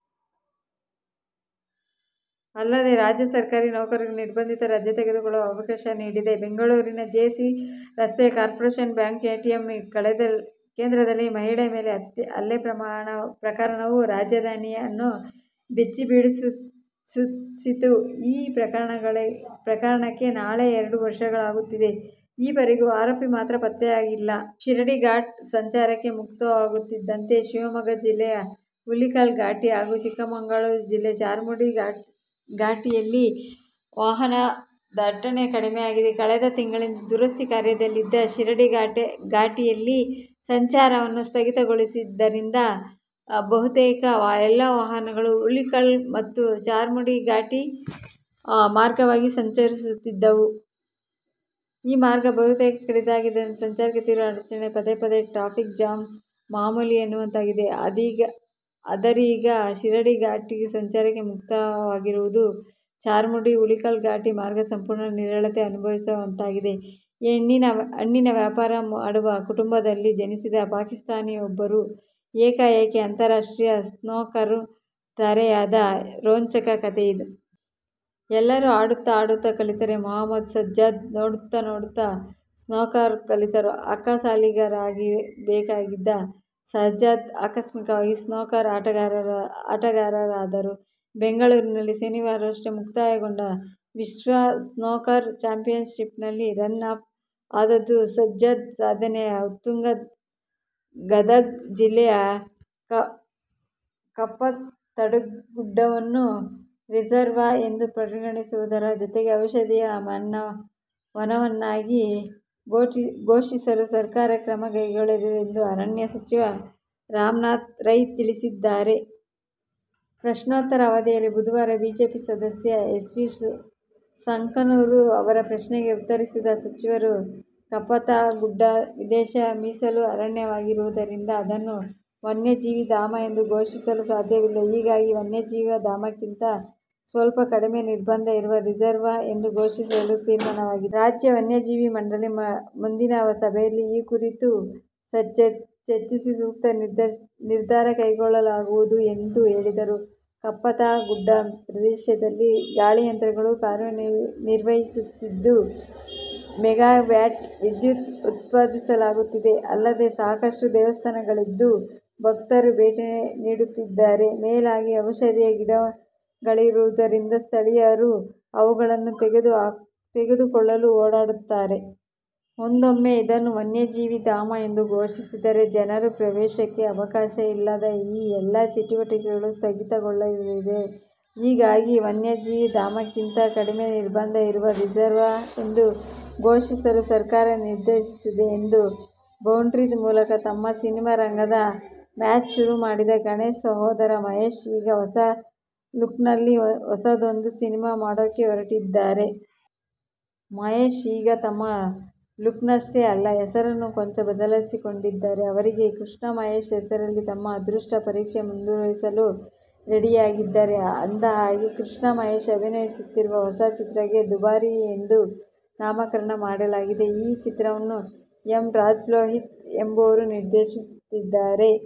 ಅಲ್ಲದೆ, ರಾಜ್ಯ ಸರ್ಕಾರಿ ನೌಕರರು ನಿರ್ಬಂಧಿತ ರಜೆ ತೆಗೆದುಕೊಳ್ಳಲು ಅವಕಾಶ ನೀಡಿದೆ. ಬೆಂಗಳೂರಿನ ಜೆ. ಸಿ. ರಸ್ತೆಯ ಕಾರ್ಪೊರೇಶನ್ ಬ್ಯಾಂಕ್ ಎಟಿಎಂ ಕೇಂದ್ರದಲ್ಲಿ ಮಹಿಳೆ ಮೇಲಿನ ಹಲ್ಲೆ ಪ್ರಕರಣವು ರಾಜಧಾನಿಯನ್ನು ಬೆಚ್ಚಿ ಬೀಳಿಸಿತ್ತು. ಈ ಪ್ರಕರಣಕ್ಕೆ ನಾಳೆ ಎರಡು ವರ್ಷಗಳಾಗುತ್ತಿದ್ದು ಇವರೆಗೂ ಆರೋಪಿ ಮಾತ್ರ ಪತ್ತೆಯಾಗಿಲ್ಲ. ಶಿರಾಡಿ ಘಾಟ್ ಸಂಚಾರಕ್ಕೆ ಮುಕ್ತವಾಗುತ್ತಿದ್ದಂತೆ ಶಿವಮೊಗ್ಗ ಜಿಲ್ಲೆಯ ಹುಲಿಕಲ್ ಘಾಟಿ ಹಾಗೂ ಚಿಕ್ಕಮಗಳೂರು ಜಿಲ್ಲೆ ಚಾರ್ಮಾಡಿ ಘಾಟಿಯಲ್ಲಿ ವಾಹನ ದಟ್ಟಣೆ ಕಡಿಮೆಯಾಗಿದೆ. ಕಳೆದ ತಿಂಗಳಿಂದ ದುರಸ್ತಿ ಕಾರ್ಯ ದಲ್ಲಿದ್ದ ಶಿರಾಡಿಘಾಟಿಯಲ್ಲಿ ಸಂಚಾರವನ್ನು ಸ್ಥಗಿತಗೊಳಿಸಿದ್ದರಿಂದ ಬಹುತೇಕ ಎಲ್ಲ ವಾಹನಗಳು ಹುಲಿಕಲ್ ಮತ್ತು ಚಾರ್ಮಾಡಿ ಘಾಟಿ ಮಾರ್ಗವಾಗಿ ಸಂಚರಿಸುತ್ತಿದ್ದವು. ಈ ಮಾರ್ಗ ಬಹುತೇಕ ಕಡೆ ಕಿರಿದಾಗಿದ್ದರಿಂದ ಸಂಚಾರಕ್ಕೆ ತೀವ್ರ ಅಡಚಣೆಯಾಗಿ ಪದೇ ಪದೆ ಟ್ರಾಫಿಕ್ ಜಾಮ್ ಮೂಮೂಲಿ ಎನ್ನುವಂತಾಗಿತ್ತು. ಆದರೀಗ ಶಿರಾಡಿ ಘಾಟಿ ಸಂಚಾರಕ್ಕೆ ಮುಕ್ತವಾಗಿರುವುದರಿಂದ ಚಾರ್ಮಾಡಿ, ಹುಲಿಕಲ್ ಘಾಟಿ ಮಾರ್ಗ ಸಂಪೂರ್ಣ ನಿರಾಳತೆ ಅನುಭವಿಸುವಂತಾಗಿದೆ. ಹಣ್ಣಿನ ವ್ಯಾಪಾರ ಮಾಡುವ ಕುಟುಂಬದಲ್ಲಿ ಜನಿಸಿದ ಪಾಕಿಸ್ತಾನಿಯೊಬ್ಬರು ಏಕಾಏಕಿ ಅಂತಾರಾಷ್ಟ್ರೀಯ ಸ್ನೂಕರ್ ತಾರೆಯಾದ ರೋಚಕ ಕಥೆಯಿದು. ಎಲ್ಲರೂ ಆಡುತ್ತಾ ಆಡುತ್ತಾ ಕಲಿತರೆ, ಮುಹಮ್ಮದ್ ಸಜ್ಜದ್ ನೋಡುತ್ತಾ ನೋಡುತ್ತಾ ಸ್ನೂಕರ್ ಕಲಿತರು. ಅಕ್ಕಸಾಲಿಗರಾಗಬೇಕಿದ್ದ ಸಜ್ಜದ್ ಆಕಸ್ಮಿಕವಾಗಿ ಸ್ನೂಕರ್ ಆಟಗಾರರಾದರು. ಬೆಂಗಳೂರಿನಲ್ಲಿ ಶನಿವಾರವಷ್ಟೇ ಮುಕ್ತಾಯಗೊಂಡ ವಿಶ್ವ ಸ್ನೂಕರ್ ಚಾಂಪಿಯನ್ಶಿಪ್ನಲ್ಲಿ ರನ್ನರ್ ಅಪ್ ಆದದ್ದು ಸಜ್ಜದ್ ಸಾಧನೆಯ ಉತ್ತುಂಗ! ಗದಗ ಜಿಲ್ಲೆಯ ಕಪ್ಪತಗುಡ್ಡವನ್ನು " ರಿಸರ್ವ್' ಎಂದು ಪರಿಗಣಿಸುವುದರ ಜತೆಗೆ ಔಷಧೀಯ ವನವನ್ನಾಗಿ ಘೋಷಿಸಲು ಸರ್ಕಾರ ಕ್ರಮ ಕೈಗೊಳ್ಳಲಿದೆ ಎಂದು ಅರಣ್ಯ ಸಚಿವ ರಮಾನಾಥ ರೈ ತಿಳಿಸಿದ್ದಾರೆ. ಪ್ರಶ್ನೋತ್ತರ ಅವಧಿಯಲ್ಲಿ ಬುಧವಾರ ಬಿಜೆಪಿ ಸದಸ್ಯ ಎಸ್. ವಿ. ಸಂಕನೂರ ಅವರ ಪ್ರಶ್ನೆಗೆ ಉತ್ತರಿಸಿದ ಸಚಿವರು, ಕಪ್ಪತಗುಡ್ಡ ಪ್ರದೇಶ ಮೀಸಲು ಅರಣ್ಯವಾಗಿರುವುದರಿಂದ ಅದನ್ನು ವನ್ಯಜೀವಿ ಧಾಮ ಎಂದು ಘೋಷಿಸಲು ಸಾಧ್ಯವಿಲ್ಲ. ಹೀಗಾಗಿ ವನ್ಯಜೀವಿ ಧಾಮಕ್ಕಿಂತ ಸ್ವಲ್ಪ ಕಡಿಮೆ ನಿರ್ಬಂಧ ಇರುವ " ರಿಸರ್ವ್' ಎಂದು ಘೋಷಿಸಲು ತೀರ್ಮಾನಿಸಲಾಗಿದೆ. ರಾಜ್ಯ ವನ್ಯಜೀವಿ ಮಂಡಳಿಯ ಮುಂದಿನ ಸಭೆಯಲ್ಲಿ ಈ ಕುರಿತು ಚರ್ಚಿಸಿ ಸೂಕ್ತ ನಿರ್ಧಾರ ಕೈಗೊಳ್ಳಲಾಗುವುದು ಎಂದು ಹೇಳಿದರು. ಕಪ್ಪತಗುಡ್ಡ ಪ್ರದೇಶದಲ್ಲಿ ಗಾಳಿಯಂತ್ರಗಳು ಕಾರ್ಯನಿರ್ವಹಿಸುತ್ತಿದ್ದು, ಮೆಗಾವ್ಯಾಟ್ ವಿದ್ಯುತ್ ಉತ್ಪಾದಿಸಲಾಗುತ್ತಿದೆ. ಅಲ್ಲದೆ, ಸಾಕಷ್ಟು ದೇವಸ್ಥಾನಗಳಿದ್ದು, ಭಕ್ತರು ಭೇಟಿ ನೀಡುತ್ತಿದ್ದಾರೆ. ಮೇಲಾಗಿ ಔಷಧೀಯ ಗಿಡಗಳಿರುವುದರಿಂದ ಸ್ಥಳೀಯರು ಅವುಗಳನ್ನು ತೆಗೆದುಕೊಳ್ಳಲು ಓಡಾಡುತ್ತಾರೆ. ಒಂದೊಮ್ಮೆ ಇದನ್ನು ವನ್ಯಜೀವಿ ಧಾಮ ಎಂದು ಘೋಷಿಸಿದರೆ ಜನರ ಪ್ರವೇಶಕ್ಕೆ ಅವಕಾಶ ಇಲ್ಲದೆ ಈ ಎಲ್ಲಾ ಚಟುವಟಿಕೆಗಳು ಸ್ಥಗಿತಗೊಳ್ಳಲಿವೆ. ಹೀಗಾಗಿ ವನ್ಯಜೀವಿ ಧಾಮಕ್ಕಿಂತ ಕಡಿಮೆ ನಿರ್ಬಂಧ ಇರುವ " ರಿಸರ್ವ್' ಎಂದು ಘೋಷಿಸಲು ಸರ್ಕಾರ ನಿರ್ಧರಿಸಿದೆ ಎಂದರು. "ಬೌಂಡರಿ' ಮೂಲಕ ತಮ್ಮ ಸಿನಿಮಾ ರಂಗದ ಮ್ಯಾಚ್ ಶುರುಮಾಡಿದ ಗಣೇಶ್ ಸಹೋದರ ಮಹೇಶ್, ಈಗ ಹೊಸ ಲುಕ್ನಲ್ಲಿ ಹೊಸದೊಂದು ಸಿನಿಮಾ ಮಾಡೋಕೆ ಹೊರಟಿದ್ದಾರೆ. ಮಹೇಶ್ ಈಗ ತಮ್ಮ ಲುಕ್ನಷ್ಟೇ ಅಲ್ಲ, ಹೆಸರನ್ನು ಕೊಂಚ ಬದಲಿಸಿಕೊಂಡಿದ್ದಾರೆ. ಅವರೀಗ ಕೃಷ್ಣ ಮಹೇಶ್ ಹೆಸರಲ್ಲಿ ತಮ್ಮ ಅದೃಷ್ಟ ಪರೀಕ್ಷೆ ಮುಂದುವರೆಸಲು ರೆಡಿಯಾಗಿದ್ದಾರೆ. ಅಂದಹಾಗೆ, ಕೃಷ್ಣ ಮಹೇಶ್ ಅಭಿನಯಿಸುತ್ತಿರುವ ಹೊಸ ಚಿತ್ರಕ್ಕೆ "ದುಬಾರಿ' ಎಂದು ನಾಮಕರಣ ಮಾಡಲಾಗಿದೆ. ಈ ಚಿತ್ರವನ್ನು ಎಂ. ರಾಜ್ ಲೋಹಿತ್ ಎಂಬುವವರು ನಿರ್ದೇಶಿಸುತ್ತಿದ್ದಾರೆ.